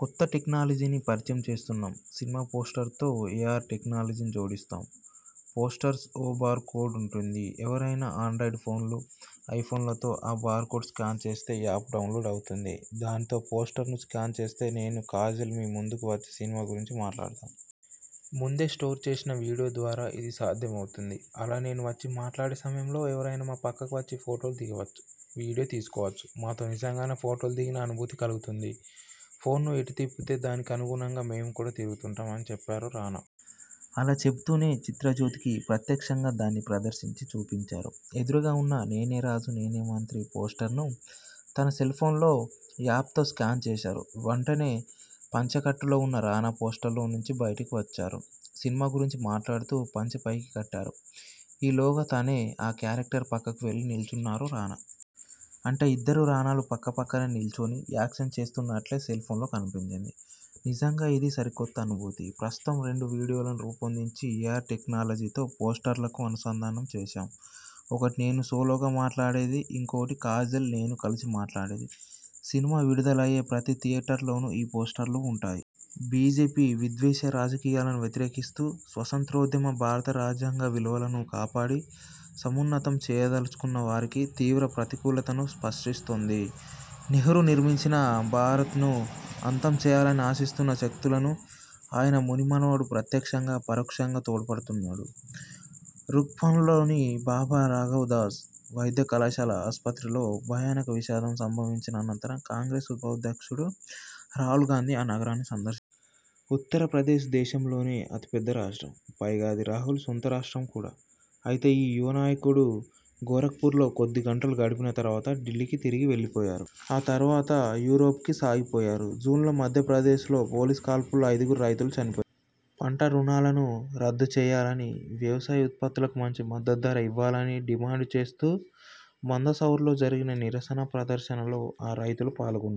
కొత్త టెక్నాలజీని పరిచయం చేస్తున్నాం''సినిమా పోస్టర్తో ఏఆర్ టెక్నాలజీని జోడిస్తాం. పోస్టర్పై ఓ 'బార్ కోడ్' ఉంటుంది. ఎవరైనా ఆండ్రాయిడ్ ఫోన్లు, ఐ ఫోన్లతో ఆ బార్కోడ్ను స్కాన్ చేస్తే, యాప్ డౌన్లోడ్ అవుతుంది. దానితో పోస్టర్ను స్కాన్ చేస్తే నేను, కాజల్ మీ ముందుకు వచ్చి సినిమా గురించి మాట్లాడతాం. ముందే స్టోర్ చేసిన వీడియో ద్వారా ఇది సాధ్యమవుతుంది. అలా నేను వచ్చి మాట్లాడే సమయంలో ఎవరైనా మా పక్కకు వచ్చి ఫొటోలు దిగవచ్చు. వీడియో తీసుకోవచ్చు. మాతో నిజంగానే ఫొటోలు దిగిన అనుభూతి కలుగుతుంది. ఫోన్ను ఎటు తిప్పితే, దానికి అనుగుణంగా మేం కూడా తిరుగుతుంటాం'' అని చెప్పారు రానా. అలా చెబుతూనే చిత్రజ్యోతికి ప్రత్యక్షంగా దాన్ని ప్రదర్శించి చూపించారు. ఎదురుగా ఉన్న 'నేనే రాజు నేనే మంత్రి' పోస్టర్ను తన సెల్ఫోన్లోని యాప్తో స్కాన్ చేశారు. వెంటనే పంచెకట్టులో ఉన్న రానా పోస్టర్లోంచి బయటకు వచ్చారు. సినిమా గురించి మాట్లాడుతూ పంచె పైకి కట్టారు. ఈ లోగా తనే ఆ కేరక్టర్ పక్కకు వెళ్లి నిల్చున్నారు రానా. అంటే ఇద్దరు రానాలు పక్కపక్కనే నిల్చుని యాక్షన్ చేస్తున్నట్లే సెల్ఫోన్లో కనిపించింది. నిజంగా ఇది సరికొత్త అనుభూతి! ''ప్రస్తుతం రెండు వీడియోలను రూపొందించి ఏఆర్ టెక్నాలజీతో పోస్టర్లకు అనుసంధానం చేశాం. ఒకటి నేను సోలోగా మాట్లాడేది, ఇంకొకటి కాజల్, నేను కలిసి మాట్లాడేది. సినిమా విడుదలయ్యే ప్రతి థియేటర్లోనూ ఈ పోస్టర్లు ఉంటాయి. బీజేపీ విద్వేషరాజకీయాలను వ్యతిరేకిస్తూ స్వాసంత్ర్యోద్యమ, భారత రాజ్యాంగ విలువలను కాపాడి, సమున్నతం చేయదలచుకున్నవారికి తీవ్ర ప్రతికూలతలను సృష్టిస్తోంది. నెహ్రూ నిర్మించిన భారత్ను అంతం చేయాలని ఆశిస్తున్న శక్తులను ఆయన ముని మనవడు ప్రత్యక్షంగా, పరోక్షంగా తోడ్పడుతున్నాడు. రఖ్పూర్లోని బాబా రాఘవ్ దాస్ వైద్య కళాశాల ఆస్పత్రిలో భయానక విషాదం సంభవించిన అనంతరం కాంగ్రెస్ ఉపాధ్యక్షుడు రాహుల్ గాంధీ ఆ నగరాన్ని సందర్శించారు. ఉత్తరప్రదేశ్ దేశంలోనే అతి పెద్ద రాష్ట్రం. పైగా అది రాహుల్ సొంత రాష్ట్రం కూడా. అయితే ఈ యువ నాయకుడు గోరఖ్పూర్లో కొద్దిగంటలు గడిపిన తరువాత ఢిల్లీకి తిరిగి వెళ్ళిపోయారు. ఆ తరువాత యూరోప్కు సాగిపోయారు. జూన్లో మధ్యప్రదేశ్లో పోలీసుకాల్పుల్లో ఐదుగురు రైతులు చనిపోయారు. పంటరుణాలను రద్దుచేయాలని, వ్యవసాయ ఉత్పత్తులకు మంచి మద్దతు ధర ఇవ్వాలని డిమాండ్చేస్తూ మందసౌర్లో జరిగిన నిరసన ప్రదర్శనలో ఆ రైతులూ పాల్గొన్నారు.